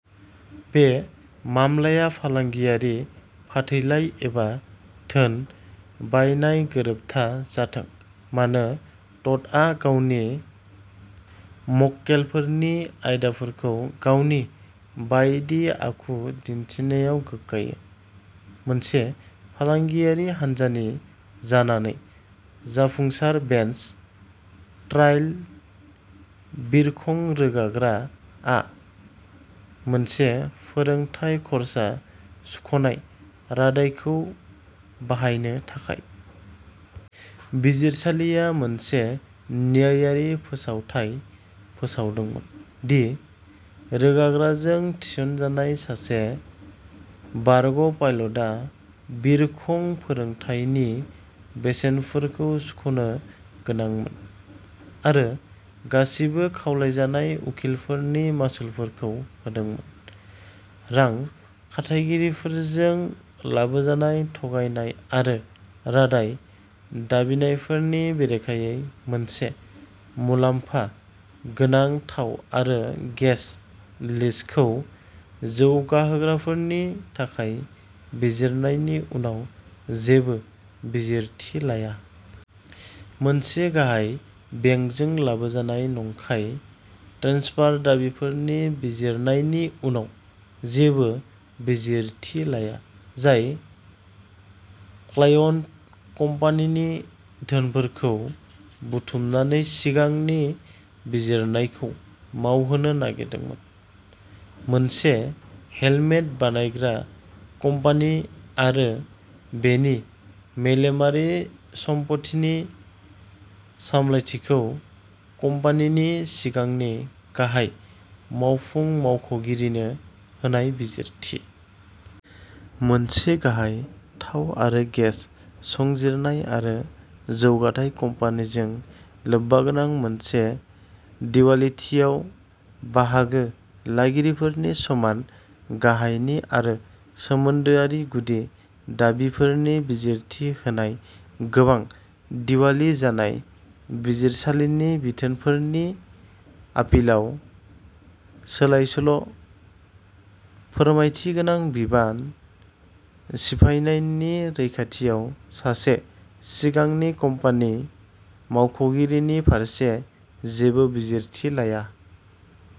बे मामलाया फालांगियारि फाथैलाइ एबा धोन बायनाय गोरोबथा जाथों मानो, ट'डआ गावनि मक्केलफोरनि आयदाफोरखौ गावनि बायदि आखु दिन्थिनायाव गोग्गायो। मोनसे फालांगियारि हान्जानि जानानै जाफुंसार बेन्च ट्राइल। बिरखं रोगाग्राआ मोनसे फोरोंथाय खर्सा सुख'नाय रादायखौ बाहायनो थाखाय। बिजिरसालिया मोनसे न्यायारि फोसावथाय फोसावदोंमोन दि रोगाग्राजों थिसनजानाय सासे बारग'पाइलटआ बिरखं फोरोंथायनि बेसेनफोरखौ सुख'नो गोनांमोन, आरो गासिबो खावलायजानाय उखिलफोरनि मासुलफोरखौ होदोंमोन। रां खाथायगिरिफोरजों लाबोजानाय थगायनाय आरो रादाय दाबिनायफोरनि बेरेखायै मोनसे मुलाम्फा गोनां थाव आरो गेस लिजखौ जौगाहोग्राफोरनि थाखाय बिजिरनायनि उनाव जेबो बिजिरथि लाया। मोनसे गाहाय बेंकजों लाबोजानाय नंखाय ट्रेन्सफार दाबिफोरनि बिजिरनायनि उनाव जेबो बिजिरथि लाया, जाय क्लायन्ट कम्पानिनि धोनफोरखौ बुथुमनानै सिगांनि बिजिरनायखौ मावहोनो नागिरदोंमोन। मोनसे हेलमेट बानायग्रा कम्पानि आरो बेनि मेलेमारि सम्पथिनि सामलायथिखौ कम्पानिनि सिगांनि गाहाय मावफुं मावख'गिरिनो होनाय बिजिरथि। मोनसे गाहाय थाव आरो गेस संजिरनाय आरो जौगाथाय कम्पानिजों लोब्बागोनां मोनसे दिवालिथियाव बाहागो लागिरिफोरनि समान गाहायनि आरो सोमोन्दोआरि गुदि दाबिफोरनि बिजिरथि होनाय गोबां दिवालि जानाय बिजिरसालिनि बिथोनफोरनि आपिलाव सोलायसोल'। फोथायथि गोनां बिबान सिफायनायनि रैखाथियाव सासे सिगांनि कम्पानि मावख'गिरिनि फारसे जेबो बिजिरथि लाया।